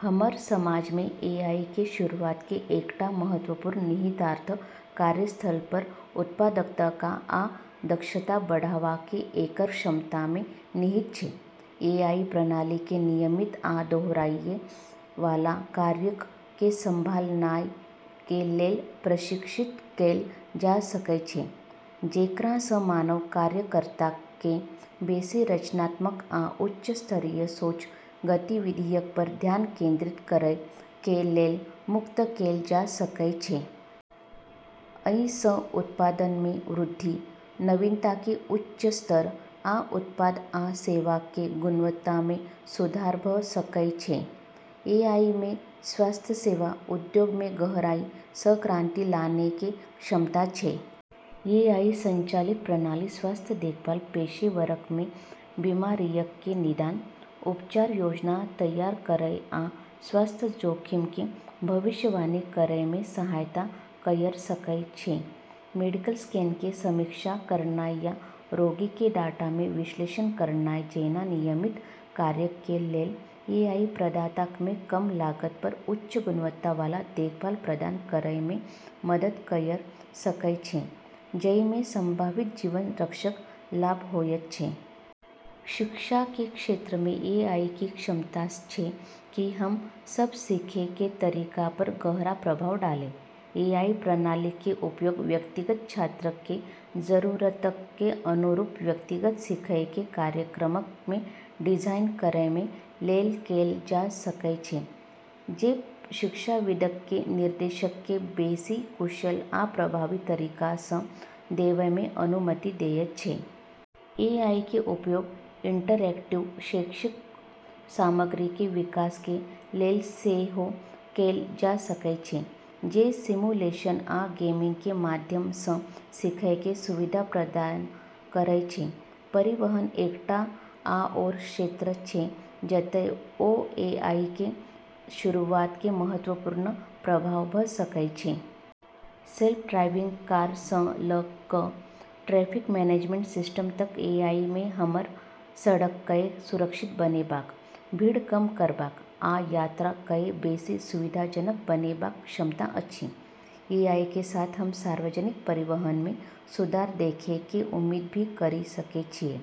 हमर समाज मे एआई कें शुरूआत कें एकटा महत्वपूर्ण निहितार्थ कार्यस्थल पर उत्पादकता आ दक्षता बढ़ावा कें एकर क्षमता मे निहित छै। एआई प्रणाली कें नियमित आ दोहराएय वाला कार्यक कें संभालनाय कें लेल प्रशिक्षित कैल जा सकय छै, जेकरा सं मानव कार्यकर्ताक कें बेसि रचनात्मक आ उच्च स्तरीय सोच गतिविधियक पर ध्यान केंद्रित करय कें लेल मुक्त कैल जा सकय छै। अइ सं उत्पादन मे वृद्धि, नवीनता कें उच्च स्तर, आ उत्पाद आ सेवाक कें गुणवत्ता मे सुधार भ सकय छै। एआई मे स्वास्थ्य सेवा उद्योग मे गहराई स क्रांति लानै के क्षमता छै। एआई संचालित प्रणाली स्वास्थ्य देखभाल पेशेवरक कें बीमारियक कें निदान, उपचार योजना तैयार करय आ स्वास्थ्य जोखिम कें भविष्यवाणी करय मे सहायता कयर सकय छै। मेडिकल स्कैन कें समीक्षा करनाय या रोगी कें डाटा कें विश्लेषण करनाय जैना नियमित कार्यक कें लेल, एआई प्रदाताक कें कम लागत पर उच्च गुणवत्ता वाला देखभाल प्रदान करय मे मदद कयर सकय छै, जइ मे संभावित जीवन रक्षक लाभ होयत छै। शिक्षा के क्षेत्र में एआई के क्षमता छै कि हम सब सीखै के तरीका पर गहरा प्रभाव डालै। एआई प्रणालीक कें उपयोग व्यक्तिगत छात्रक कें जरूरतक कें अनुरूप व्यक्तिगत सीखय कें कार्यक्रमक कें डिजाइन करय कें लेल कैल जा सकय छै, जे शिक्षाविदक कें निर्देशक कें बेसि कुशल आ प्रभावी तरीका सं देवय कें अनुमति देयत छै। एआई कें उपयोग इंटरैक्टिव शैक्षिक सामग्री कें विकास कें लेल सेहो कैल जा सकय छै, जे सिमुलेशन आ गेमिंग कें माध्यम सं सीखय कें सुविधा प्रदान करय छै। परिवहन एकटा आओर क्षेत्र छै जतय ओ एआई कें शुरूआत कें महत्वपूर्ण प्रभाव भ सकय छै। सेल्फ ड्राइविंग कार सं ल क ट्रैफिक मैनेजमेंट सिस्टम तक एआई मे हमर सड़क कए सुरक्षित बनेबाक, भीड़ कम करबाक, आ यात्रा कए बेसी सुविधाजनक बनेबाक क्षमता अछि। एआई के साथ हम सार्वजनिक परिवहन मे सुधार देखै के उम्मीद भी करी सकै छियै,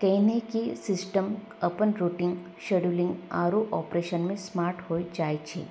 कैन्हेंकि सिस्टम अपन रूटिंग, शेड्यूलिंग, आरू ऑपरेशन मे स्मार्ट होय जाय छै।